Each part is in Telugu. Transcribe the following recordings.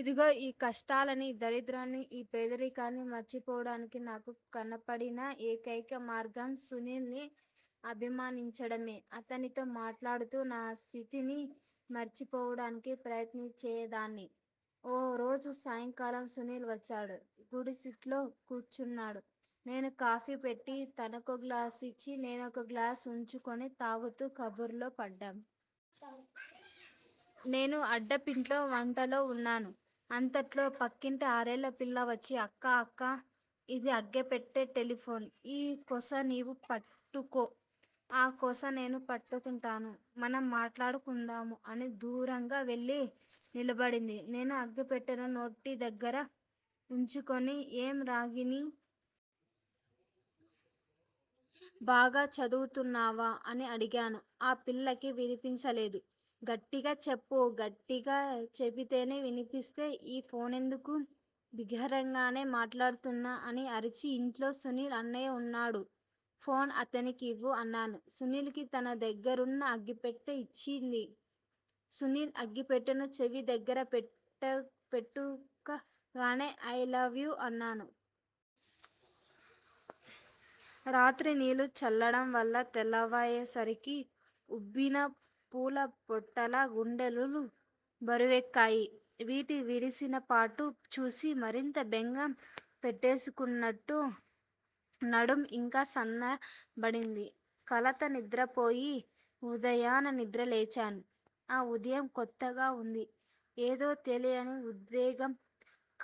ఇదిగో ఈ కష్టాల్ని, ఈ దరిద్రాన్ని, ఈ పేదరికాన్ని మరచిపోవడానికి నాకు కనపడిన ఏకైక మార్గం సునీల్ ని అభిమానించడమే. అతనితో మాట్లాడుతూ నా స్థితిని మరిచిపోవడానికి ప్రయత్నించేదాన్ని. ఓరోజు సాయంకాలం సునీల్ వచ్చాడు. గుడిసింట్లో కూర్చున్నాడు. నేను కాఫీ పెట్టి తనకో గ్లాస్ ఇచ్చి, నేనొక గ్లాస్ వుంచుకుని తాగుతూ కబుర్లలో పడ్డాం. నేను అడ్డాపింట్లో వంటలో వున్నాను. అంతలో పక్కింటి ఆరేళ్ళపిల్ల వచ్చి అక్కా! అక్కా! ఇది అగ్గెపెట్టె టెలిఫోన్. ఈ కొస నీవు పట్టుకో, ఆ కొస నేను పట్టుకుంటాను. మనం మాట్లాడుకుందాము అని దూరంగా వెళ్ళి నిలబడింది. నేను అగ్గిపెట్టెను నోటిదగ్గర వుంచుకొని, ఏం రాగిణీ! బాగా చదువుతున్నావా? అని అడిగాను. ఆ పిల్లకి వినిపించలేదు. గట్టిగా చెప్పు గట్టిగా చెబితేనే వినిపిస్తే ఈ ఫోనెందుకు? బిగ్గరగానే మాట్లాడుతున్నా అని అరిచి, ఇంట్లో సునీల్ అన్నయ్య వున్నాడు, ఫోన్ అతనికి ఇవ్వు అన్నాను. సునీల్ కి తన దగ్గరున్న అగ్గిపెట్టె యిచ్చింది. సునీల్ అగ్గిపెట్టెను చెవి దగ్గర పెట్టుకాగానే ఐ లవ్ యు అన్నాను. రాత్రి నీళ్ళు చల్లడం వల్ల తెల్లవారేసరికి ఉబ్బిన పూల పొట్లాల్లా గుండెలు బరువెక్కాయి. వీటి విడిసినపాటు చూసి మరింత బెంగ పెట్టేసుకున్నట్లు నడుం ఇంకా సన్నబడింది. కలత నిద్రపోయి, ఉదయాన నిద్ర లేచాను, ఆ ఉదయం కొత్తగా, వుంది. ఏదో తెలియని ఉద్వేగం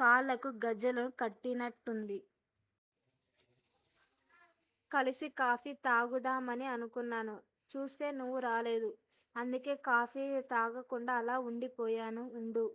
కాళ్ళకు గజ్జెల్ని కట్టినట్లుంది. కలిసి కాఫీ తాగుదామని అనుకున్నాను. చూస్తే నువ్వు రాలేదు. అందుకే కాఫీ తాగకుండా అలా వుండిపోయాను. వుండు-